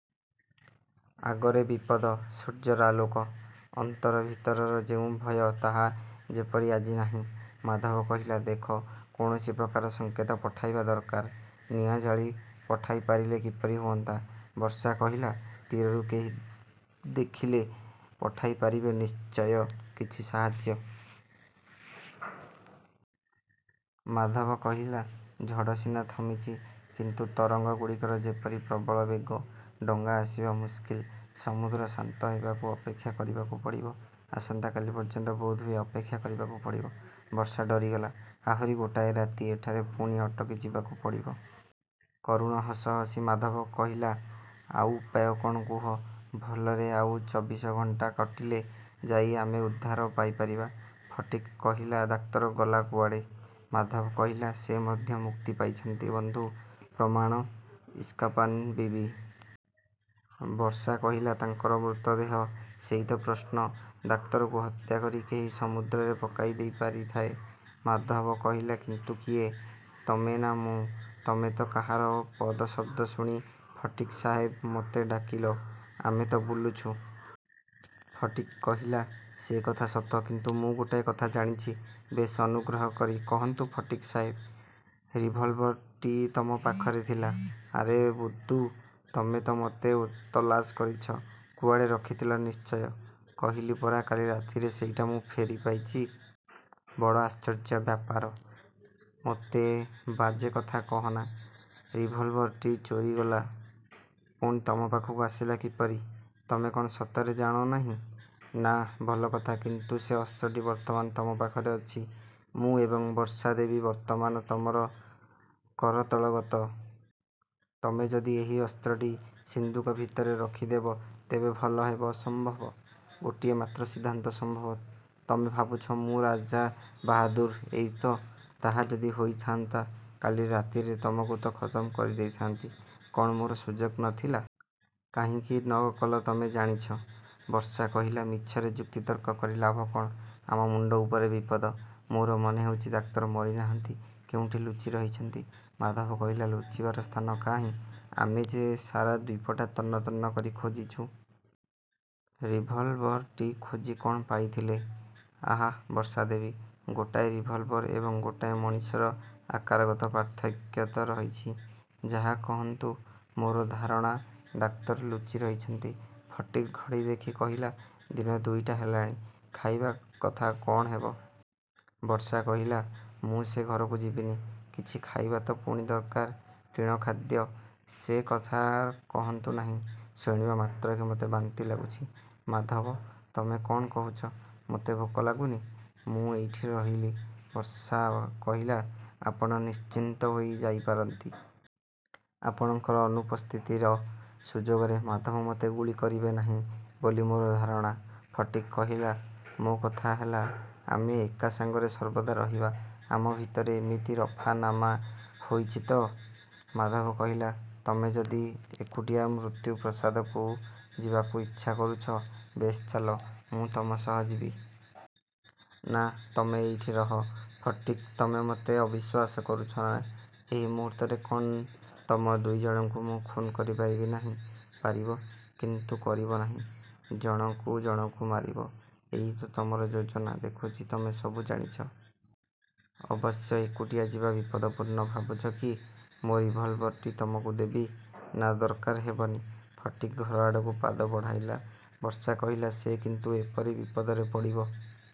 ଆଗରେ ବିପଦ। ସୂର୍ଯ୍ୟର ଆଲୋକ। ଅନ୍ତର ଭିତରର ଯେଉଁ ଭୟ ତାହା ଯେପରି ଆଜି ନାହିଁ। ମାଧବ କହିଲା, ଦେଖ, କୌଣସି ପ୍ରକାର ସଂକେତ ପଠାଇବା ଦରକାର। ନିଆଁ ଜାଳି ପଠାଇପାରିଲେ କିପରି ହୁଅନ୍ତା? ବର୍ଷା କହିଲା, ତୀରରୁ କେହି ଦେଖିଲେ ପଠାଇପାରିବେ ନିଶ୍ଚୟ କିଛି ସାହାଯ୍ୟ। ମାଧବ କହିଲା, ଝଡ଼ ସିନା ଥମିଛି, କିନ୍ତୁ ତରଙ୍ଗଗୁଡ଼ିକର ଯେପରି ପ୍ରବଳ ବେଗ, ଡଙ୍ଗା ଆସିବା ମୁସ୍କିଲ। ସମୁଦ୍ର ଶାନ୍ତ ହେବାକୁ ଅପେକ୍ଷା କରିବାକୁ ପଡ଼ିବ। ଆସନ୍ତା କାଲି ପର୍ଯ୍ୟନ୍ତ ବୋଧହୁଏ ଅପେକ୍ଷା କରିବାକୁ ପଡ଼ିବ। ବର୍ଷା ଡରିଗଲା। ଆହୁରି ଗୋଟାଏ ରାତି ଏଠାରେ ପୁଣି ଅଟକିଯିବାକୁ ପଡ଼ିବ! କରୁଣ ହସ ହସି ମାଧବ କହିଲା, ଆଉ ଉପାୟ କ'ଣ, କୁହ? ଭଲରେ ଆଉ ଚବିଶ ଘଣ୍ଟା କଟିଲେ ଯାଇ ଆମେ ଉଦ୍ଧାର ପାଇପାରିବା। ଫଟିକ୍ କହିଲା, ଡାକ୍ତର ଗଲା କୁଆଡ଼େ? ମାଧବ କହିଲା, ସେ ମଧ୍ୟ ମୁକ୍ତି ପାଇଛନ୍ତି, ବନ୍ଧୁ! ପ୍ରମାଣ? ଇସ୍କାପାନ ବିବି। ବର୍ଷା କହିଲା, ତାଙ୍କର ମୃତଦେହ? ସେଇ ତ ପ୍ରଶ୍ନ। ଡାକ୍ତରକୁ ହତ୍ୟା କରି କେହି ସମୁଦ୍ରରେ ପକାଇ ଦେଇପାରିଥାଏ। ମାଧବ କହିଲା, କିନ୍ତୁ କିଏ? ତମେ ନା ମୁଁ? ତମେ ତ କାହାର ପଦଶବ୍ଦ ଶୁଣି ଫଟିକ୍ ସାହେବ, ମୋତେ ଡାକିଲ, ଆମେ ତ ବୁଲୁଛୁ। ଫଟିକ୍ କହିଲା, ସେ କଥା ସତ, କିନ୍ତୁ ମୁଁ ଗୋଟାଏ କଥା ଜାଣିଛି। ବେଶ୍, ଅନୁଗ୍ରହ କରି କହନ୍ତୁ ଫଟିକ୍ ସାହେବ! ରିଭଲଭର ଟି ତମ ପାଖରେ ଥିଲା। ଆରେ ବୁଦ୍ଧୁ, ତମେ ତ ମୋତେ ତଲାସ କରିଛ? କୁଆଡ଼େ ରଖିଥିଲ ନିଶ୍ଚୟ। କହିଲି ପରା କାଲି ରାତିରେ ସେଇଟା ମୁଁ ଫେରିପାଇଛି। ବଡ଼ ଆଶ୍ଚର୍ଯ୍ୟ ବ୍ୟାପାର। ମୋତେ ବାଜେ କଥା କହନା। ରିଭଲଭର ଟି ଚୋରିଗଲା, ପୁଣି ତମ ପାଖକୁ ଆସିଲା କିପରି? ତମେ କ'ଣ ସତରେ ଜାଣନାହିଁ? ନା। ଭଲ କଥା। କିନ୍ତୁ ସେ ଅସ୍ତ୍ରଟି ବର୍ତ୍ତମାନ ତମ ପାଖରେ ଅଛି। ମୁଁ ଏବଂ ବର୍ଷା ଦେବୀ ବର୍ତ୍ତମାନ ତମର କରତଳଗତ। ତମେ ଯଦି ଏହି ଅସ୍ତ୍ରଟି ସିନ୍ଦୁକ ଭିତରେ ରଖିଦେବ ତେବେ ଭଲ ହେବ। ଅସମ୍ଭବ। ଗୋଟିଏ ମାତ୍ର ସିଦ୍ଧାନ୍ତ ସମ୍ଭବ। ତମେ ଭାବୁଛ ମୁଁ ରାଜାବାହାଦୁର, ଏଇ ତ? ତାହା ଯଦି ହୋଇଥାନ୍ତା କାଲି ରାତିରେ ତମକୁ ତ ଖତମ କରିଦେଇଥାନ୍ତି। କ'ଣ ମୋର ସୁଯୋଗ ନ ଥିଲା? କାହିଁକି ନ କଲ ତମେ ଜାଣିଛ। ବର୍ଷା କହିଲା, ମିଛରେ ଯୁକ୍ତିତର୍କ କରି ଲାଭ କ'ଣ! ଆମ ମୁଣ୍ଡ ଉପରେ ବିପଦ। ମୋର ମନେହେଉଛି ଡାକ୍ତର ମରିନାହାନ୍ତି, କେଉଁଠି ଲୁଚି ରହିଛନ୍ତି। ମାଧବ କହିଲା, ଲୁଚିବାର ସ୍ଥାନ କାହିଁ? ଆମେ ଯେ ସାରା ଦ୍ୱୀପଟା ତନ୍ନ ତନ୍ନ କରି ଖୋଜିଛୁ। ରିଭଲଭର ଟି ଖୋଜି କ'ଣ ପାଇଥିଲେ? ଆହା ବର୍ଷା ଦେବୀ, ଗୋଟାଏ ରିଭଲଭର ଏବଂ ଗୋଟାଏ ମଣିଷର ଆକାରଗତ ପାର୍ଥକ୍ୟ ତ ରହିଛି! ଯାହା କହନ୍ତୁ, ମୋର ଧାରଣା, ଡାକ୍ତର ଲୁଚିରହିଛନ୍ତି। ଫଟିକ୍ ଘଡ଼ି ଦେଖି କହିଲା, ଦିନ ଦୁଇଟା ହେଲାଣି। ଖାଇବା କଥା କ'ଣ ହେବ? ବର୍ଷା କହିଲା, ମୁଁ ସେ ଘରକୁ ଯିବିନି। କିଛି ଖାଇବା ତ ପୁଣି ଦରକାର? ଟିଣ ଖାଦ୍ୟ। ସେ କଥା କହନ୍ତୁ ନାହିଁ, ଶୁଣିବାମାତ୍ରକେ ମୋତେ ବାନ୍ତି ଲାଗୁଛି। ମାଧବ, ତମେ କ'ଣ କହୁଛ? ମୋତେ ଭୋକ ଲାଗୁନି, ମୁଁ ଏଇଠି ରହିଲି! ବର୍ଷା କହିଲା, ଆପଣ ନିଶ୍ଚିନ୍ତ ହୋଇ ଯାଇପାରନ୍ତି। ଆପଣଙ୍କର ଅନୁପସ୍ଥିତିର ସୁଯୋଗରେ ମାଧବ ମୋତେ ଗୁଳି କରିବେ ନାହିଁ ବୋଲି ମୋର ଧାରଣା। ଫଟିକ୍ କହିଲା, ମୋ କଥା ହେଲା, ଆମେ ଏକା ସାଙ୍ଗରେ ସର୍ବଦା ରହିବା, ଆମ ଭିତରେ ଏମିତି ରଫାନାମା ହୋଇଛି ତ! ମାଧବ କହିଲା, ତମେ ଯଦି ଏକୁଟିଆ ମୃତ୍ୟୁପ୍ରାସାଦକୁ ଯିବାକୁ ଇଚ୍ଛା କରୁଛ, ବେଶ୍ ଚାଲ, ମୁଁ ତମ ସହିତ ଯିବି। ନା, ତମେ ଏଇଠି ରହ। ଫଟିକ୍, ତମେ ମୋତେ ଅବିଶ୍ଵାସ କରୁଛ, ନା? ଏହି ମୁହୂର୍ତ୍ତରେ କ'ଣ ତମ ଦୁଇ ଜଣଙ୍କୁ ମୁଁ ଖୁନ୍ କରିପାରିବି ନାହିଁ? ପାରିବ, କିନ୍ତୁ କରିବ ନାହିଁ। ଜଣକୁ ଜଣକୁ ମାରିବ, ଏଇ ତ ତମର ଯୋଜନା। ଦେଖୁଛି, ତମେ ସବୁ ଜାଣିଛ। ଅବଶ୍ୟ ଏକୁଟିଆ ଯିବା ବିପଦପୂର୍ଣ୍ଣ। ଭାବୁଛ କି, ମୋ ରିଭଲଭର ଟି ତମକୁ ଦେବି? ନା, ଦରକାର ହେବନି। ଫଟିକ୍ ଘର ଆଡ଼କୁ ପାଦ ବଢ଼ାଇଲା। ବର୍ଷା କହିଲା, ସେ କିନ୍ତୁ ଏପରି ବିପଦରେ ପଡ଼ିବ।